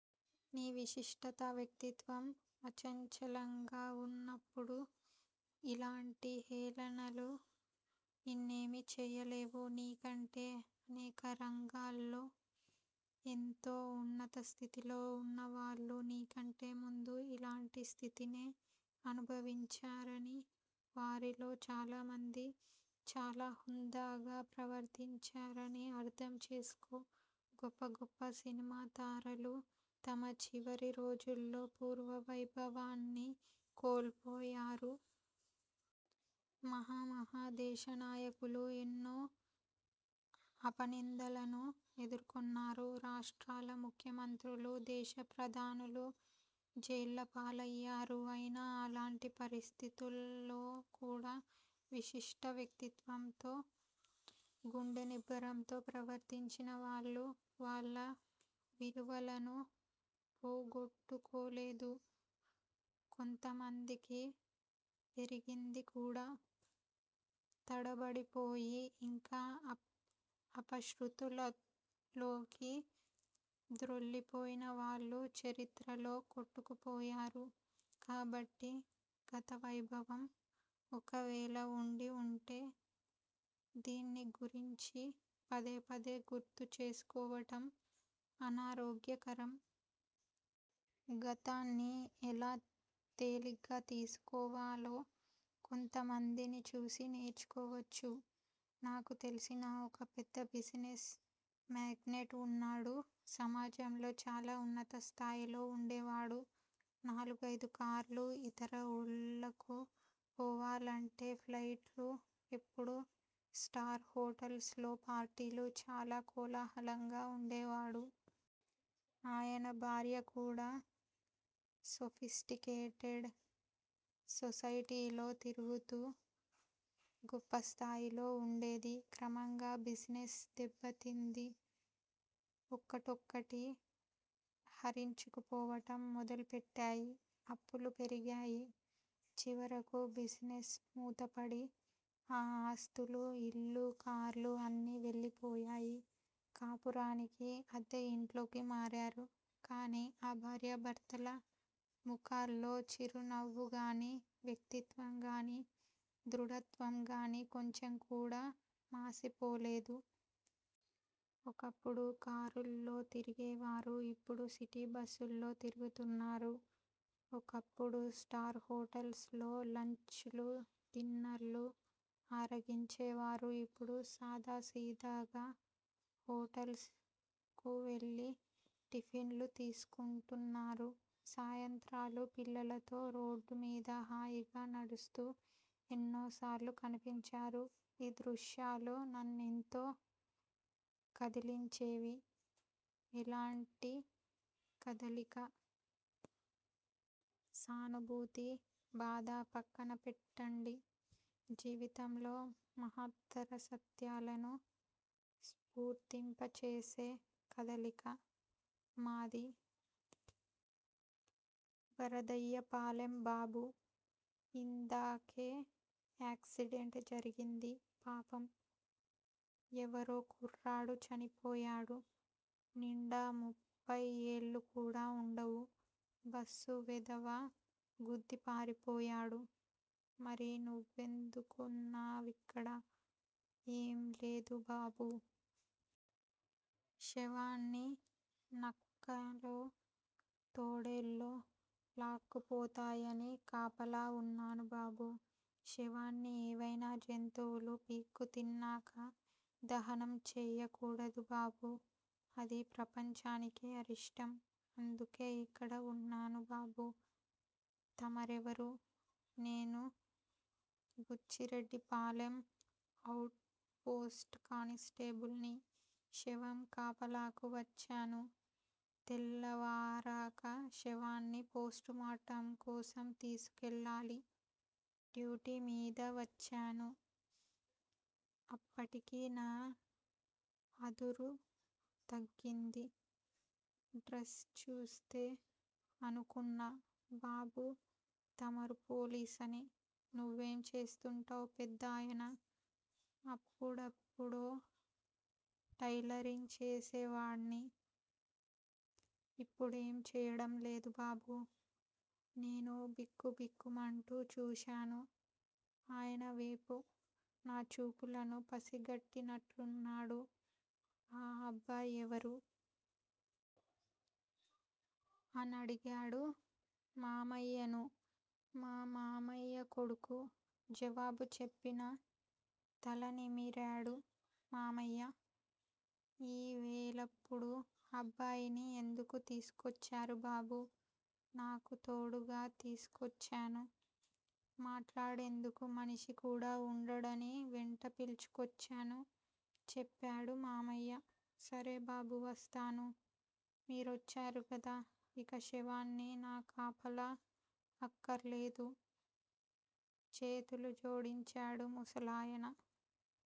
నీ విశిష్ట వ్యక్తిత్వం అచంచలంగా వున్నప్పుడు, ఇలాంటి హేళనలు నిన్నేమీ చేయలేవు. నీకంటే అనేకరంగాల్లో ఎంతో ఉన్నతస్థితిలో వున్నవాళ్ళు నీకంటే ముందు ఇలాంటి స్థితినే అనుభవించారనీ, వారిలో చాలామంది చాలా హుందాగా ప్రవర్తించారనీ అర్ధంచేసుకో. గొప్ప గొప్ప సినిమాతారలు తమ చివరి రోజుల్లో పూర్వవైభవాన్ని కోల్పోయారు. మహా మహా దేశనాయకులు ఎన్నో అపనిందలను ఎదుర్కొన్నారు. రాష్ట్రాల ముఖ్య మంత్రులు, దేశప్రధానులు జైళ్ళపాలయ్యారు. అయినా అలాంటి పరిస్థితులలోకూడా విశిష్ట వ్యక్తిత్వంతో, గుండెనిబ్బరంతో ప్రవర్తించిన వాళ్ళు, వాళ్ళ విలువలను పోగొట్టు కోలేదు. కొంతమందికి పెరిగింది కూడా. తడబడిపోయి ఇంకా అపశ్రుతులలోకి దొర్లిపోయినవాళ్ళు చరిత్రలో కొట్టుకుపోయారు. కాబట్టి గతవైభవం ఒకవేళ వుండి వుంటే దాన్నిగురించి పదేపదే గుర్తుచేసుకోవటం అనారోగ్యకరం. గతాన్ని ఎలా తేలిగ్గా తీసుకోవాలో కొంతమందిని చూసి నేర్చుకోవచ్చు. నాకు తెలిసిన ఒక పెద్ద బిజినెస్ మేగ్నెట్ వున్నాడు. సమాజంలో చాలా ఉన్నత స్థాయిలో వుండేవాడు. నాలుగైదు కార్లు, ఇతర ఊళ్ళకు పోవాలంటే ఫ్లైట్లు ఎప్పుడూ స్టార్ హోటల్స్ లో పార్టీలు, చాలా కోలాహలంగా వుండేవాడు. ఆయన భార్య కూడా సోఫిస్టికేటెడ్ సొసైటీలో తిరుగుతూ గొప్పస్థాయిలో వుండేది. క్రమంగా బిజినెస్ దెబ్బతింది. ఒకటొక్కటీ హరించుకుపోవటం మొదలుపెట్టాయి. అప్పులు పెరిగిపోయాయి. చివరకు బిజినెస్ మూతపడి, ఆ ఆస్తులూ, ఇళ్ళూ, కార్లూ అన్నీ వెళ్ళిపోయాయి. కాపురానికి అద్దెఇంట్లోకి మారారు. కాని ఆ భార్యాభర్తల ముఖాల్లో చిరునవ్వుగానీ, వ్యక్తిత్వం గానీ, దృఢత్వంగానీ కొంచెంకూడా మాసిపోలేదు. ఒకప్పుడు కార్లలో తిరిగేవారు. ఇప్పుడు సిటీబస్సులలో తిరుగుతున్నారు. ఒకప్పుడు స్టార్ హోటల్స్ లో లంచ్ లూ, డిన్నర్లూ ఆరగించేవారు. ఇప్పుడు సాదాసీదాగా హోటల్స్ కు వెళ్ళి టిఫిన్లు తీసుకుంటున్నారు. సాయంత్రాలు పిల్లలతో రోడ్డుమీద హాయిగా నడుస్తూ ఎన్నోసార్లు కనిపించారు. ఈ దృశ్యాలు నన్నెంతో కదిలించేవి. ఎలాంటి కదలిక? సానుభూతీ, బాధా పక్కన పెట్టండి. జీవితంలో మహత్తర సత్యాలను స్ఫురింపచేసే 'కదలిక'. మాది వరదయ్యపాలెం బాబూ! ఇందాకే యాక్సిడెంట్ జరిగింది పాపం ఎవరో కుర్రాడు చనిపోయాడు. నిండా ముప్పై ఏళ్ళు కూడా వుండవు. బస్సు వెధవ గుద్ది పారిపోయాడు. మరి నువ్వెందుకున్నావిక్కడ? ఏం లేదు బాబూ. శవాన్ని నక్కలో, తోడేళ్లో లాక్కుపోతాయని కాపలా వున్నాను బాబూ. శవాన్ని ఏవైనా జంతువులు పీక్కుతిన్నాక దహనం చేయకూడదు బాబూ. అది ప్రపంచానికి అరిష్టం. అందుకే ఇక్కడ వున్నాను బాబూ. తమరెవరు? నేను బుచ్చిరెడ్డిపాలెం ఔట్ పోస్ట్ కానిస్టేబుల్ ని. శవం కాపలాకు వచ్చాను. తెల్లవారాక శవాన్ని పోస్ట్ మార్టం కోసం తీసుకెళ్ళాలి. డ్యూటీమీద వచ్చాను అప్పటికి నా అదురు తగ్గింది. డ్రస్ చూసే అనుకున్నా బాబూ తమరు పోలీసని. నువ్వేం చేస్తుంటావ్ పెద్దాయనా? అప్పుడెప్పుడో టైలరింగ్ చేసేవాడ్ని. ఇప్పుడేం చేయడం లేదు బాబూ. నేను బిక్కు బిక్కుమంటూ చూశాను ఆయనవేపు. నా చూపులను పసిగట్టినట్టున్నాడు ఈ అబ్బాయ్ ఎవరు? అనడిగాడు మామయ్యను. మా మామయ్య కొడుకు జవాబు చెప్పినా తల నిమిరాడు మామయ్య. ఈ వేళప్పుడు అబ్బాయిని ఎందుకు తీసుకొచ్చారు బాబూ? నాకు తోడుగా తీసుకొచ్చాను. మాట్లాడేందుకు మనిషి కూడా వుండడని వెంట పిలుచుకొచ్చాను చెప్పాడు మామయ్య. సరే బాబూ! వస్తాను. మీరొచ్చారు గదా. ఇక నా కాపలా అక్కర్లేదు అని చేతులు జోడించాడు ముసలాయన.